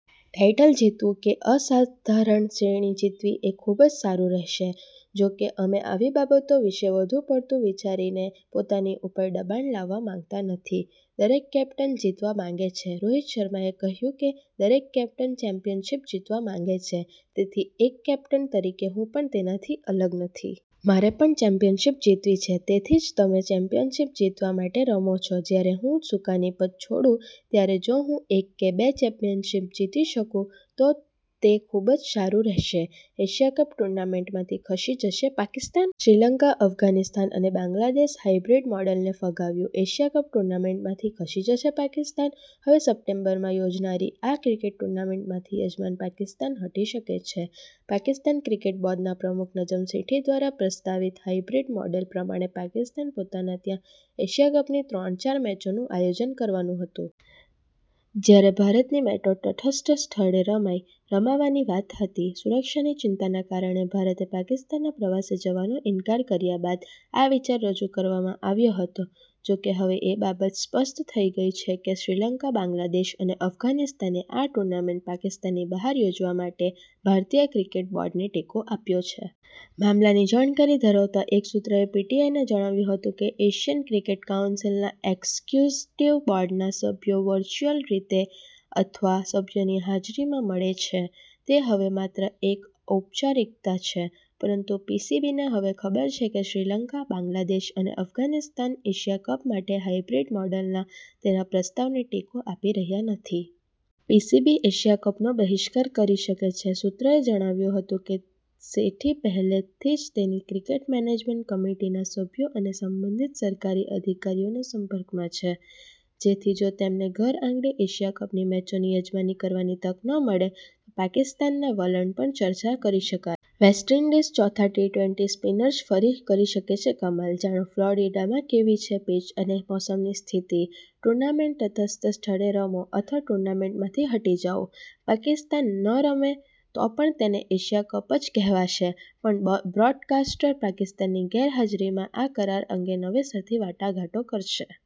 Title જીતવું કે અસાધારણ શ્રેણી જીતવી એ ખૂબ જ સારું રહેશે. જોકે અમે આવી બાબતો વિશે વધુ પડતું વિચારીને પોતાની ઉપર દબાણ લાવવા માગતા નથી. દરેક કેપ્ટન જીતવા માંગે છે રોહિત શર્માએ કહ્યું કે દરેક કેપ્ટન ચેમ્પિયનશિપ જીતવા માંગે છે, તેથી એક કેપ્ટન તરીકે હું પણ તેનાથી અલગ નથી. મારે પણ ચેમ્પિયનશિપ જીતવી છે. તેથી જ તમે ચેમ્પિયનશિપ જીતવા માટે રમો છો. જ્યારે હું સુકાનીપદ છોડું ત્યારે જો હું એક કે બે ચેમ્પિયનશિપ જીતી શકું તો તે ખૂબ જ સારું રહેશે. એશિયા કપ ટૂર્નામેન્ટમાંથી ખસી જશે પાકિસ્તાન? શ્રીલંકા, અફઘાનિસ્તાન અને બાંગ્લાદેશે હાઇબ્રિડ મોડલને ફગાવ્યું એશિયા કપ ટૂર્નામેન્ટમાંથી ખસી જશે પાકિસ્તાન? હવે સપ્ટેમ્બરમાં યોજાનારી આ ક્રિકેટ ટૂર્નામેન્ટમાંથી યજમાન પાકિસ્તાન હટી શકે છે. પાકિસ્તાન ક્રિકેટ બોર્ડ ના પ્રમુખ નજમ સેઠી દ્વારા પ્રસ્તાવિત હાઇબ્રિડ મોડલ પ્રમાણે પાકિસ્તાન પોતાના ત્યાં એશિયા કપની ત્રણ-ચાર મેચોનું આયોજન કરવાનું હતું. જ્યારે ભારતની મેચો તટસ્થ સ્થળે રમાઇ રમાવાની વાત હતી. સુરક્ષાની ચિંતાને કારણે ભારતે પાકિસ્તાનના પ્રવાસે જવાનો ઇનકાર કર્યા બાદ આ વિચાર રજૂ કરવામાં આવ્યો હતો. જોકે હવે એ બાબત સ્પષ્ટ થઈ ગઈ છે કે શ્રીલંકા, બાંગ્લાદેશ અને અફઘાનિસ્તાને આ ટૂર્નામેન્ટ પાકિસ્તાનની બહાર યોજવા માટે ભારતીય ક્રિકેટ બોર્ડને ટેકો આપ્યો છે. મામલાની જાણકારી ધરાવતા એક સૂત્રએ પીટીઆઈને જણાવ્યું હતું કે એશિયન ક્રિકેટ કાઉન્સિલ ના એક્ઝિક્યુટિવ બોર્ડના સભ્યો વર્ચ્યુઅલ રીતે અથવા સભ્યોની હાજરીમાં મળે છે તે હવે માત્ર એક ઔપચારિકતા છે. પરંતુ પીસીબીને હવે ખબર છે કે શ્રીલંકા, બાંગ્લાદેશ અને અફઘાનિસ્તાન એશિયા કપ માટે હાઇબ્રિડ મોડલના તેના પ્રસ્તાવને ટેકો આપી રહ્યા નથી. પીસીબી એશિયા કપનો બહિષ્કાર કરી શકે છે સૂત્રએ જણાવ્યું હતું કે સેઠી પહેલેથી જ તેની ક્રિકેટ મેનેજમેન્ટ કમિટીના સભ્યો અને સંબંધિત સરકારી અધિકારીઓના સંપર્કમાં છે. જેથી જો તેમને ઘરઆંગણે એશિયા કપની મેચોની યજમાની કરવાની તક ન મળે તો પાકિસ્તાનના વલણ પર ચર્ચા કરી શકાય. વેસ્ટ ઇન્ડીઝ ચોથી ટી-ટ્વેન્ટી સ્પિનર્સ ફરી કરી શકે કમાલ, જાણો ફ્લોરિડામાં કેવી છે પિચ અને મોસમની સ્થિતિ? ટૂર્નામેન્ટ તટસ્થ સ્થળે રમો અથવા ટૂર્નામેન્ટમાંથી હટી જાઓ. પાકિસ્તાન ન રમે તો પણ તેને એશિયા કપ જ કહેવાશે પણ બ્રોડકાસ્ટર પાકિસ્તાનની ગેરહાજરીમાં આ કરાર અંગે નવેસરથી વાટાઘાટો કરશે.